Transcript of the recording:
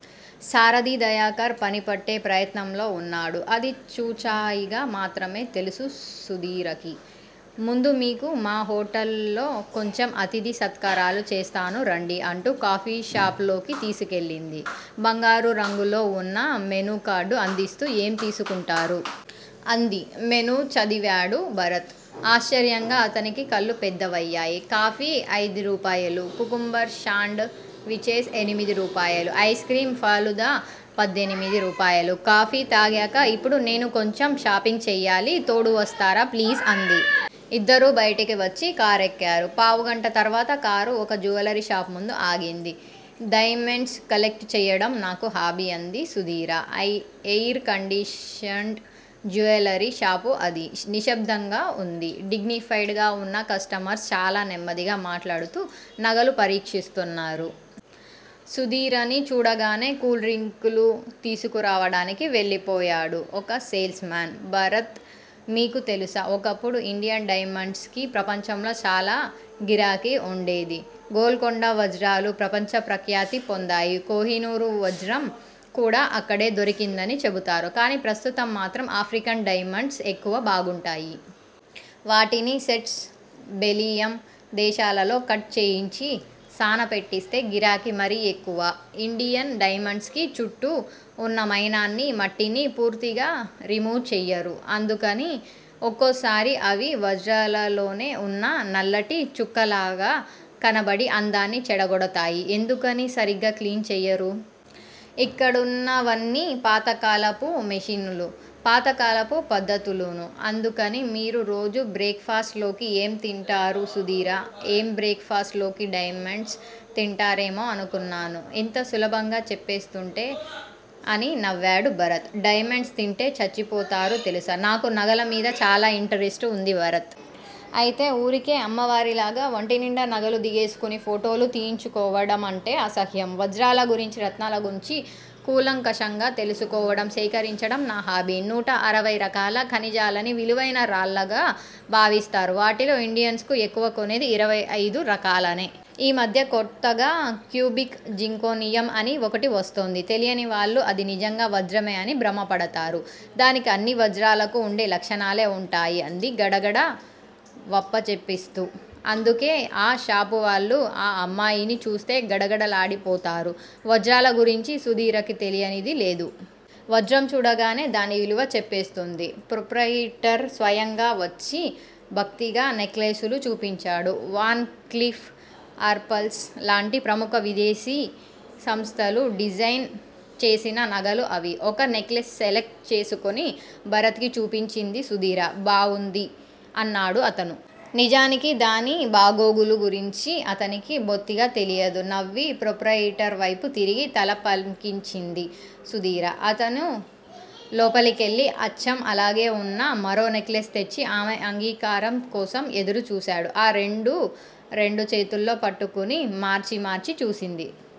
సారధి దయాకర్ పని పట్టే ప్రయత్నంలో ఉన్నాడు. అది చూచాయిగా మాత్రమే తెలుసు సుదీరకి. ముందు మీకు మా హొటల్ లో కొంచెం అతిధి సత్కారాలు చేస్తాను రండి! అంటూ కాఫీ షాప్ లోకి తీసుకెళ్ళింది. బంగారు రంగులో ఉన్న మెనూ కార్డు అందిస్తూ, ఏం తీసుకుంటారు? ' అంది. మెనూ చదివాడు భరత్. ఆశ్చర్యంగా అతని కళ్ళు పెద్దవయ్యాయి. కాఫీ- అయిదు రూపాయలు. కుకుంబర్ శాండ్ విచేస్- ఎనిమిది రూపాయలు. ఐస్ క్రీమ్ ఫలుదా- పద్దెనిమిది రూపాయలు. కాఫీ తాగాక 'ఇప్పుడు నేను కొంచెం షాపింగ్ చెయ్యాలి, తోడు వస్తారా? ప్లీజ్! అంది. ఇద్దరూ బయటికి వచ్చి కారేక్కారు. పావుగంట తర్వాత కారు ఒక జ్యువెలరి షాపు ముందు ఆగింది. దైమెండ్స్ కలెక్ట్ చెయ్యడం నాకు హాబీ! అంది Sudheera. Air conditioned jewellery shop అది. నిశ్శబ్దంగా వుంది. డిగ్నిపైడ్ గా ఉన్న కస్టమర్స్ చాల నెమ్మదిగా మాట్లాడుతూ నగలు పరిక్షిస్తున్నారు. సుదీరని చూడగానే కూల్ డ్రింకులు తీసుకురావడానికి వెళ్ళిపోయాడు ఒక సేల్స్ మాన్. భరత్! మీకు తెలుసా? ఒకప్పుడు ఇండియన్ డైమండ్స్ కి ప్రపంచంలో చాలా గిరాకి ఉండేది. గోల్కొండ వజ్రాలు ప్రపంచ ప్రఖ్యాతి పొందాయి. కోహినూర్ వజ్రం కూడా అక్కడే దొరికిందని చెబుతారు. కానీ ప్రస్తుతం మాత్రం ఆఫ్రికన్ డైమండ్స్ ఎక్కువ బాగుంటాయి. వాటిని సెట్స్, బెలియమ్ దేశాలలో కట్ చేయించి సాన పెట్టిస్తే గిరాకి మరి ఎక్కువ. ఇండియన్ డైమండ్స్ కి చుట్టూ ఉన్న మైనాన్ని, మట్టిని పూర్తిగా రిమూవ్ చెయ్యరు. అందుకని ఒక్కోసారి అవి వజ్రలలోనే ఉన్న నల్లటి చుక్కల్లగా కనబడి, అందాన్ని చెడగోడతాయి. ఎందుకని సరిగ్గా క్లీన్ చెయ్యరు? ఇక్కడున్నవన్ని పాతకాలపు మెషినులు, పాతకాలపు పద్దతులునూ! అందుకని! మీరు రోజు బ్రేక్ ఫాస్ట్ లోకి ఏం తింటారు సుదీరా? ఏం? బ్రేక్ ఫాస్ట్ లోకి డైమండ్స్ తింటారేమో అనుకున్నాను. ఇంత సులభంగా చెప్పేస్తుంటే! అని నవ్వాడు భరత్. దైమెండ్స్ తింటే చచ్చిపోతారు తెలుసా? నాకు నగలమీద చాల ఇంటరెస్టు ఉంది భరత్. అయితే ఉరికే అమ్మవారిలాగా వంటినిండా నగలు దిగేసుకుని ఫోటోలు తీయించుకోవడం అంటే అసహ్యం. వజ్రాల గురించి, రత్నాల గురించి కూలంకషంగా తెలుసుకోవడం, సేకరించడం నా హాబీ! నూట అరవై రకాల ఖనిజాలని విలువైన రాళ్ళుగా భావిస్తారు. వాటిలో ఇండియన్సు ఎక్కువ కొనేది ఇరవై అయిదు రకాలనే! ఈ మధ్య కొత్తగా క్యూబిక్ జింకోనియం అని ఒకటి వస్తోంది. తెలియని వాళ్ళు అది నిజంగా వజ్రమే అని భ్రమ పడతారు. దానికి అన్ని వజ్రాలకు ఉండే లక్షణాలే ఉంటాయి అంది గడగడ వప్పచెప్పేస్తూ. అందుకే ఆ షాపువాళ్ళు ఆ అమ్మాయిని చూస్తే గడగడలాడిపోతారు. వజ్రాల గురించి సుదీరకి తెలియనిది లేదు. వజ్రం చూడగానే దాని విలువ చెప్పేస్తుంది. ప్రోప్రయిటర్ స్వయంగా వచ్చి, భక్తిగా నెక్లేసులు చూపించాడు. వాన్ క్లీఫ్ అర్పల్స్ లాంటి ప్రముఖ విదేశీ సంస్థలు డిజైన్ చేసిన నగలు అవి. ఒక నెక్లెస్ సెలెక్ట్ చేసుకుని భరత్ కి చూపించింది సుదీర. బాగుంది! అన్నాడు అతను. నిజానికి దాని బాగోగులు గురించి అతనికి బొత్తిగా తెలియదు. నవ్వి- ప్రోప్రయిటర్ వైపు తిరిగి, తల పంకించింది సుదీర. అతను లోపలికెళ్ళి అచ్చం అలాగే వున్న మరో నెక్లెస్ తెచ్చి, ఆమె అంగీకారం కోసం ఎదురు చూశాడు. ఆ రెండూ రెండు చేతుల్లో పట్టుకుని, మార్చి మర్చి చూసింది